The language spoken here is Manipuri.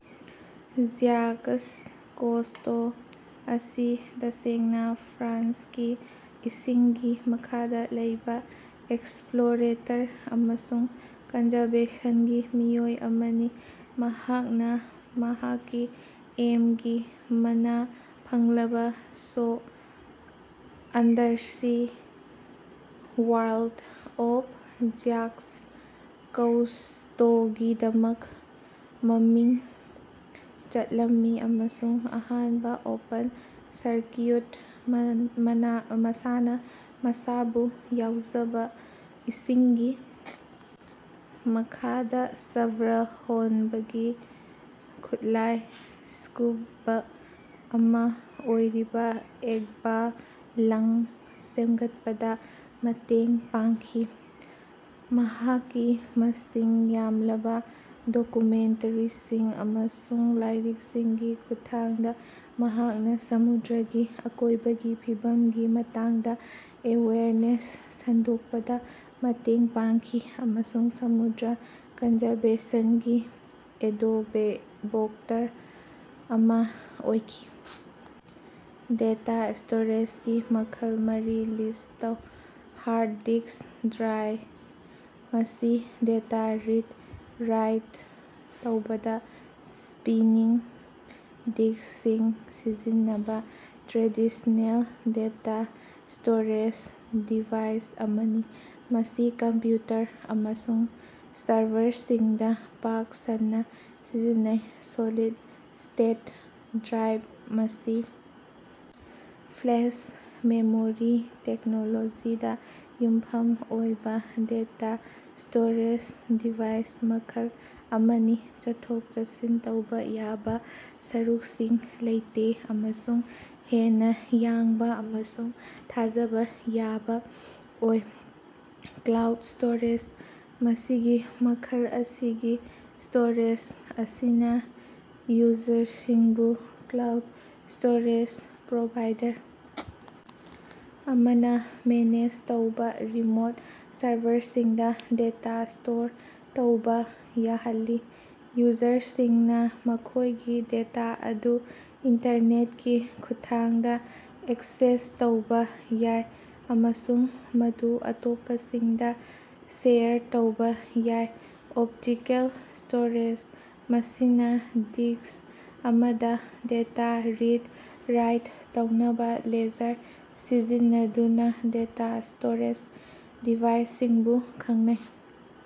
ꯖ꯭ꯌꯥꯀꯁ ꯀꯧꯁ꯭ꯇꯣ ꯑꯁꯤ ꯇꯁꯦꯡꯅꯥ ꯐ꯭ꯔꯥꯟꯁꯀꯤ ꯏꯁꯤꯡꯒꯤ ꯃꯈꯥꯗꯥ ꯂꯩꯕꯥ ꯑꯦꯛꯁꯄ꯭ꯂꯣꯔꯦꯇꯔ ꯑꯃꯁꯨꯡ ꯀꯟꯖꯔꯕꯦꯁꯟꯒꯤ ꯃꯤꯑꯣꯏ ꯑꯃꯅꯤ꯫ ꯃꯍꯥꯛꯅꯥ ꯃꯍꯥꯛꯀꯤ ꯑꯦꯝꯕꯤ ꯃꯅꯥ ꯐꯪꯂꯕ ꯁꯣ, ꯑꯟꯗꯔꯁꯤ ꯋꯥꯔꯜꯗ ꯑꯣꯐ ꯖ꯭ꯌꯥꯛꯁ ꯀꯧꯁ꯭ꯇꯣꯒꯤꯗꯃꯛ ꯃꯃꯤꯡ ꯆꯠꯂꯝꯃꯤ ꯑꯃꯁꯨꯡ ꯑꯍꯥꯟꯕ ꯑꯣꯄꯟ-ꯁꯔꯀ꯭ꯌꯨꯠ, ꯃꯁꯥꯅ ꯃꯁꯥꯕꯨ ꯌꯥꯎꯖꯕ ꯏꯁꯤꯡꯒꯤ ꯃꯈꯥꯗꯥ ꯁ꯭ꯕꯔ ꯍꯣꯟꯕꯒꯤ ꯈꯨꯠꯂꯥꯏ (ꯁ꯭ꯀꯨꯕꯥ) ꯑꯃꯥ ꯑꯣꯏꯔꯤꯕ ꯑꯦꯛꯕꯥ-ꯂꯪ ꯁꯦꯝꯒꯠꯄꯗ ꯃꯇꯦꯡ ꯄꯥꯡꯈꯤ꯫ ꯃꯍꯥꯛꯀꯤ ꯃꯁꯤꯡ ꯌꯥꯝꯂꯕ ꯗꯣꯀꯨꯃꯦꯟꯇꯔꯤꯁꯤꯡ ꯑꯃꯁꯨꯡ ꯂꯥꯏꯔꯤꯛꯁꯤꯡꯒꯤ ꯈꯨꯠꯊꯥꯡꯗ ꯃꯍꯥꯛꯅ ꯁꯃꯨꯗ꯭ꯔꯒꯤ ꯑꯀꯣꯏꯕꯒꯤ ꯐꯤꯕꯝꯒꯤ ꯃꯇꯥꯡꯗ ꯑꯦꯋꯦꯌꯔꯅꯦꯁ ꯁꯟꯗꯣꯛꯄꯗ ꯃꯇꯦꯡ ꯄꯥꯡꯈꯤ ꯑꯃꯁꯨꯡ ꯁꯃꯨꯗ꯭ꯔ ꯀꯟꯖꯔꯕꯦꯁꯟꯒꯤ ꯑꯦꯗꯣꯕꯣꯛꯇꯔ ꯑꯃ ꯑꯣꯏꯈꯤ꯫ ꯗꯦꯇꯥ ꯁ꯭ꯇꯣꯔꯦꯖꯒꯤ ꯃꯈꯜ ꯃꯔꯤ ꯂꯤꯁ꯭ꯠ ꯇꯧ꯫ ꯍꯥꯔꯗ ꯗꯤꯁ꯭ꯛ ꯗ꯭ꯔꯥꯏ: ꯃꯁꯤ ꯗꯦꯇꯥ ꯔꯤꯗ ꯔꯥꯏꯠ ꯇꯧꯕꯗ ꯁ꯭ꯄꯤꯅꯤꯡ ꯗꯤꯁ꯭ꯛꯁꯤꯡ ꯁꯤꯖꯤꯟꯅꯕ ꯇ꯭ꯔꯦꯗꯤꯁꯅꯦꯜ ꯗꯦꯇꯥ ꯁ꯭ꯇꯣꯔꯦꯖ ꯗꯤꯚꯥꯏꯁ ꯑꯃꯅꯤ꯫ ꯃꯁꯤ ꯀꯝꯄ꯭ꯌꯨꯇꯔ ꯑꯃꯁꯨꯡ ꯁꯔꯚꯔꯁꯤꯡꯗ ꯄꯥꯛ ꯁꯟꯅ ꯁꯤꯖꯤꯟꯅꯩ꯫ ꯁꯣꯂꯤꯗ ꯁ꯭ꯇꯦꯠ ꯗ꯭ꯔꯥꯏꯚ ꯃꯁꯤ ꯐ꯭ꯂꯦꯁ ꯃꯦꯃꯣꯔꯤ ꯇꯦꯛꯅꯣꯂꯣꯖꯤꯗ ꯌꯨꯝꯐꯝ ꯑꯣꯏꯕ ꯗꯦꯇꯥ ꯁ꯭ꯇꯣꯔꯦꯖ ꯗꯤꯚꯥꯏꯁ ꯃꯈꯜ ꯑꯃꯅꯤ꯫ ꯆꯠꯊꯣꯛ-ꯆꯠꯁꯤꯟ ꯇꯧꯕ ꯌꯥꯕ ꯁꯔꯨꯛꯁꯤꯡ ꯂꯩꯇꯦ ꯑꯃꯁꯨꯡ ꯍꯦꯟꯅ ꯌꯥꯡꯅ ꯑꯃꯁꯨꯡ ꯊꯥꯖꯕ ꯌꯥꯕ ꯑꯣꯏ꯫ ꯀ꯭ꯂꯥꯎꯗ ꯁ꯭ꯇꯣꯔꯦꯖ ꯃꯁꯤꯒꯤ ꯃꯈꯜ ꯑꯁꯤꯒꯤ ꯁ꯭ꯇꯣꯔꯦꯖ ꯑꯁꯤꯅ ꯌꯨꯖꯔꯁꯤꯡꯕꯨ ꯀ꯭ꯂꯥꯎꯗ ꯁ꯭ꯇꯣꯔꯦꯖ ꯄ꯭ꯔꯣꯚꯥꯏꯗꯔ ꯑꯃꯅ ꯃꯦꯅꯦꯖ ꯇꯧꯕ ꯔꯤꯃꯣꯠ ꯁꯔꯚꯔꯁꯤꯡꯗ ꯗꯦꯇꯥ ꯁ꯭ꯇꯣꯔ ꯇꯧꯕ ꯌꯥꯍꯜꯂꯤ꯫ ꯌꯨꯖꯔꯁꯤꯡꯅ ꯃꯈꯣꯏꯒꯤ ꯗꯦꯇꯥ ꯑꯗꯨ ꯏꯟꯇꯔꯅꯦꯠꯀꯤ ꯈꯨꯠꯊꯥꯡꯗ ꯑꯦꯛꯁꯦꯁ ꯇꯧꯕ ꯌꯥꯏ ꯑꯃꯁꯨꯡ ꯃꯗꯨ ꯑꯇꯣꯞꯄꯁꯤꯡꯗ ꯁꯦꯌꯔ ꯇꯧꯕ ꯌꯥꯏ꯫ ꯑꯣꯞꯇꯤꯀꯦꯜ ꯁ꯭ꯇꯣꯔꯦꯖ ꯃꯁꯤꯅ ꯗꯤꯁ꯭ꯛ ꯑꯃꯗ ꯗꯦꯇꯥ ꯔꯤꯗ ꯔꯥꯏꯠ ꯇꯧꯅꯕ ꯂꯦꯖꯔ ꯁꯤꯖꯤꯟꯅꯗꯨꯅ ꯗꯦꯇꯥ ꯁ꯭ꯇꯣꯔꯦꯖ ꯗꯤꯚꯥꯏꯁꯁꯤꯡꯕꯨ ꯈꯪꯅꯩ꯫